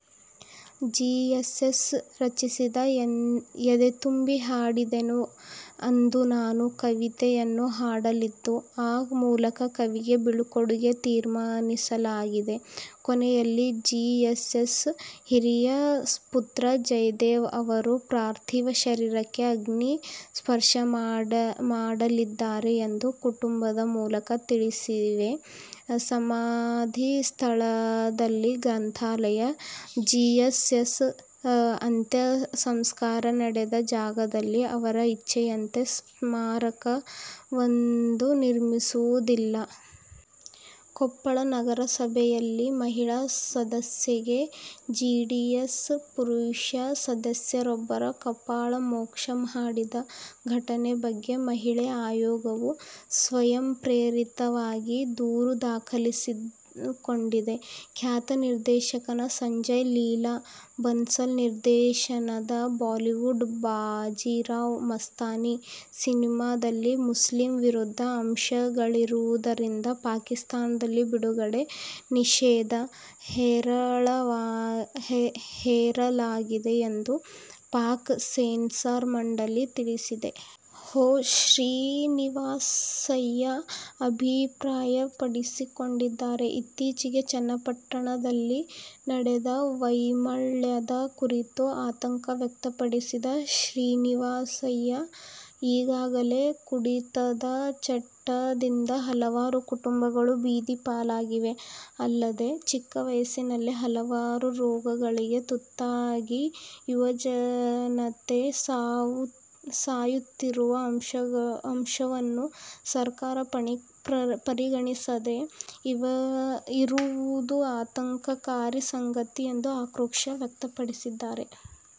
GSS ರಚಿಸಿದ ''''ಎದೆತುಂಬಿ ಹಾಡೆದೆನು ಅಂದು ನಾನು'' ಕವಿತೆಯನ್ನು ಹಾಡಲಿದ್ದು, ಆ ಮೂಲಕ ಕವಿಗೆ ಬೀಳ್ಕೊಡಲು ತೀರ್ಮಾನಿಸಲಾಗಿದೆ. ಕೊನೆಯಲ್ಲಿ ಜಿಎಸ್ಎಸ್ ಹಿರಿಯ ಪುತ್ರ ಜಯದೇವ ಅವರು ಪಾರ್ಥಿವ ಶರೀರಕ್ಕೆ ಅಗ್ನಿಸ್ಪರ್ಶ ಮಾಡಲಿದ್ದಾರೆ ಎಂದು ಕುಟುಂಬದ ಮೂಲಗಳು ತಿಳಿಸಿವೆ. ಸಮಾಧಿ ಸ್ಥಳದಲ್ಲಿ ಗ್ರಂಥಾಲಯ? ಜಿಎಸ್ಎಸ್ ಅಂತ್ಯಸಂಸ್ಕಾರ ನಡೆದ ಜಾಗದಲ್ಲಿ ಅವರ ಇಚ್ಛೆಯಂತೆ ಸ್ಮಾರಕವನ್ನಂತೂ ನಿರ್ಮಿಸುವುದಿಲ್ಲ. ಕೊಪ್ಪಳ ನಗರಸಭೆಯಲ್ಲಿ ಮಹಿಳಾ ಸದಸ್ಯೆಗೆ ಜೆಡಿಎಸ್ನ ಪುರುಷ ಸದಸ್ಯರೊಬ್ಬರು ಕಪಾಳ ಮೋಕ್ಷ ಮಾಡಿದ ಘಟನೆ ಬಗ್ಗೆ ಮಹಿಳಾ ಆಯೋಗವು ಸ್ವಯಂಪ್ರೇರಿತವಾಗಿ ದೂರು ದಾಖಲಿಸಿಕೊಂಡಿದೆ. ಖ್ಯಾತ ನಿರ್ದೇಶಕ ಸಂಜಯ್ ಲೀಲಾ ಬನ್ಸಾಲಿ ನಿರ್ದೇಶನದ ಬಾಲಿವುಡ್ ನ ಬಾಜಿರಾವ್ ಮಸ್ತಾನಿ ಸಿನಿಮಾದಲ್ಲಿ ಇಸ್ಲಾಂ ವಿರೋಧಿ ಅಂಶಗಳಿರುವುದರಿಂದ ಪಾಕಿಸ್ತಾನದಲ್ಲಿ ಬಿಡುಗಡೆಗೆ ನಿಷೇಧ ಹೇರಲಾಗಿದೆ ಎಂದು ಪಾಕ್ ಸೆನ್ಸಾರ್ ಮಂಡಳಿ ತಿಳಿಸಿದೆ. ಹೊ. ಶ್ರೀನಿವಾಸಯ್ಯ ಅಭಿಪ್ರಾಯಪಟ್ಟಿದ್ದಾರೆ. ಇತ್ತೀಚೆಗೆ ಚನ್ನಪಟ್ಟಣದಲ್ಲಿ ನಡೆದ ವೈನ್ಮೇಳದ ಕುರಿತು ಆತಂಕ ವ್ಯಕ್ತಪಡಿಸಿದ ಶ್ರೀನಿವಾಸಯ್ಯ, ಈಗಾಗಲೇ ಕುಡಿತದ ಚಟದಿಂದ ಹಲವಾರು ಕುಟುಂಬಗಳು ಬೀದಿ ಪಾಲಾಗಿವೆ. ಅಲ್ಲದೇ ಚಿಕ್ಕವಯಸ್ಸಿನಲ್ಲೇ ಹಲವಾರು ರೋಗಗಳಿಗೆ ತುತ್ತಾಗಿ ಯುವಜನತೆ ಸಾಯುತ್ತಿರುವ ಅಂಶವನ್ನು ಸರ್ಕಾರ ಪರಿಗಣಿಸದೇ ಇರುವುದು ಆತಂಕಕಾರಿ ಸಂಗತಿ ಎಂದು ಆಕ್ರೋಶ ವ್ಯಕ್ತಪಡಿಸಿದ್ದಾರೆ.